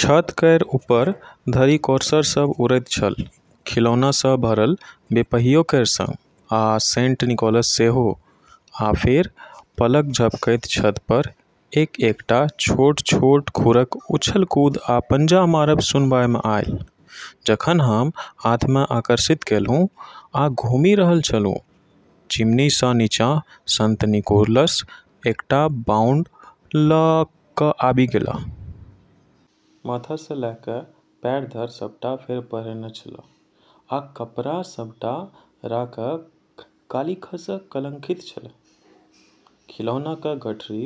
छत केर ऊपर धरि कोर्सर सभ उड़ैत छल, खिलौनासँ भरल बेपहियों केर संग, आ सेंट निकोलस सेहो। आ फेर पलक झपकैत छतपर एक-एकटा छोट-छोट खुरक उछल-कूद आ पंजा मारब सुनबामे आयल। जखन हम हाथमे आकर्षित केलहुँ, आ घुमि रहल छलहुँ, चिमनीसँ नीचाँ संत निकोलस एकटा बाउंड लऽ कऽ आबि गेलाह। माथसँ लऽ कऽ पैर धरि सभटा फर पहिरने छलाह, आ कपड़ा सभटा राख आ कालिखसँ कलंकित छल। खिलौनाक गठरी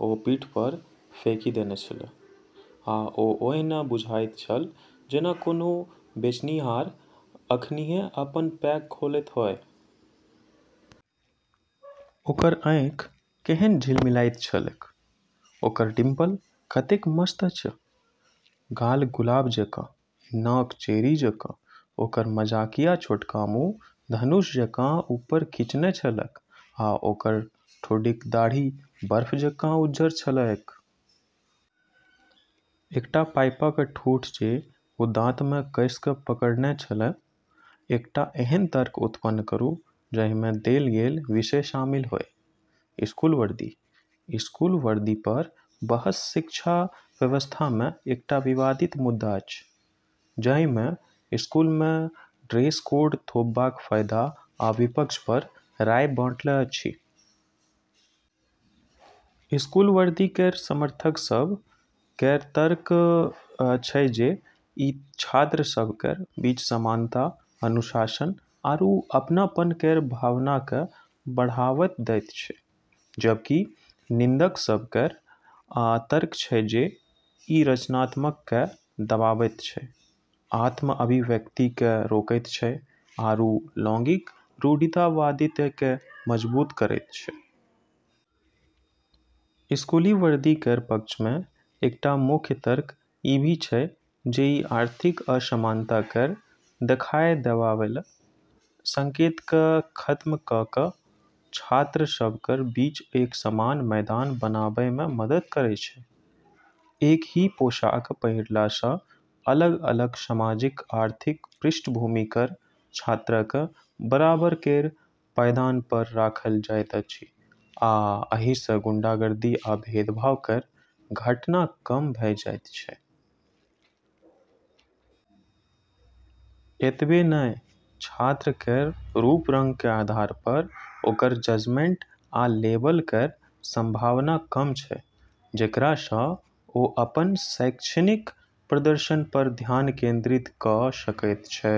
ओ पीठपर फेकि देने छलाह, आ ओ ओहिना बुझाइत छल जेना कोनो बेचनिहार एखनहि अपन पैक खोलैत होए। ओकर आँखि केहन झिलमिलाइत छलैक! ओकर डिंपल कतेक मस्त अछि! गाल गुलाब जकाँ, नाक चेरी जकाँ! ओकर मजाकिया छोटका मुँह धनुष जकाँ ऊपर खींचने छलैक, आ ओकर ठुड्डीक दाढ़ी बर्फ जकाँ उज्जर छलैक। एकटा पाइपक ठूंठ जे ओ दाँतमे कस कऽ पकड़ने छलाह। एकटा एहन तर्क उत्पन्न करू जाहिमे देल गेल विषय शामिल होए। स्कूल वर्दी: स्कूली वर्दीपर बहस शिक्षा व्यवस्थामे एकटा विवादित मुद्दा अछि, जाहिमे स्कूलमे ड्रेस कोड थोपबाक फायदा आ विपक्षपर राय बंटल अछि। स्कूली वर्दी केर समर्थक सभ केर तर्क छै जे ई छात्र सभ केर बीच समानता, अनुशासन आरू अपनपन केर भावनाकेँ बढ़ावा दैत छै, जबकि निंदक सभ केर तर्क छै जे ई रचनात्मकताकेँ दबाबैत छै, आत्म-अभिव्यक्तिकेँ रोकैत छै आरू लैंगिक रूढ़िवादिताकेँ मजबूत करैत छै। स्कूली वर्दी केर पक्षमे एकटा मुख्य तर्क ई भी छै जे ई आर्थिक असमानता केर देखाय दैवाला संकेतकेँ खतम कऽ कऽ छात्र सभ केर बीच एक समान मैदान बनाबैमे मदद करैत छै। एकहि पोशाक पहिरलासँ अलग-अलग सामाजिक-आर्थिक पृष्ठभूमि केर छात्रकेँ बराबर केर पायदानपर राखल जाइत अछि आ एहिसँ गुंडागर्दी आ भेदभाव केर घटना कम भऽ जाइत अछि। एतबे नहि, छात्र केर रूप-रंग केर आधारपर ओकर जजमेंट या लेबल केर संभावना कम छै, जेकरासँ ओ अपन शैक्षणिक प्रदर्शनपर ध्यान केंद्रित कऽ सकैत छै।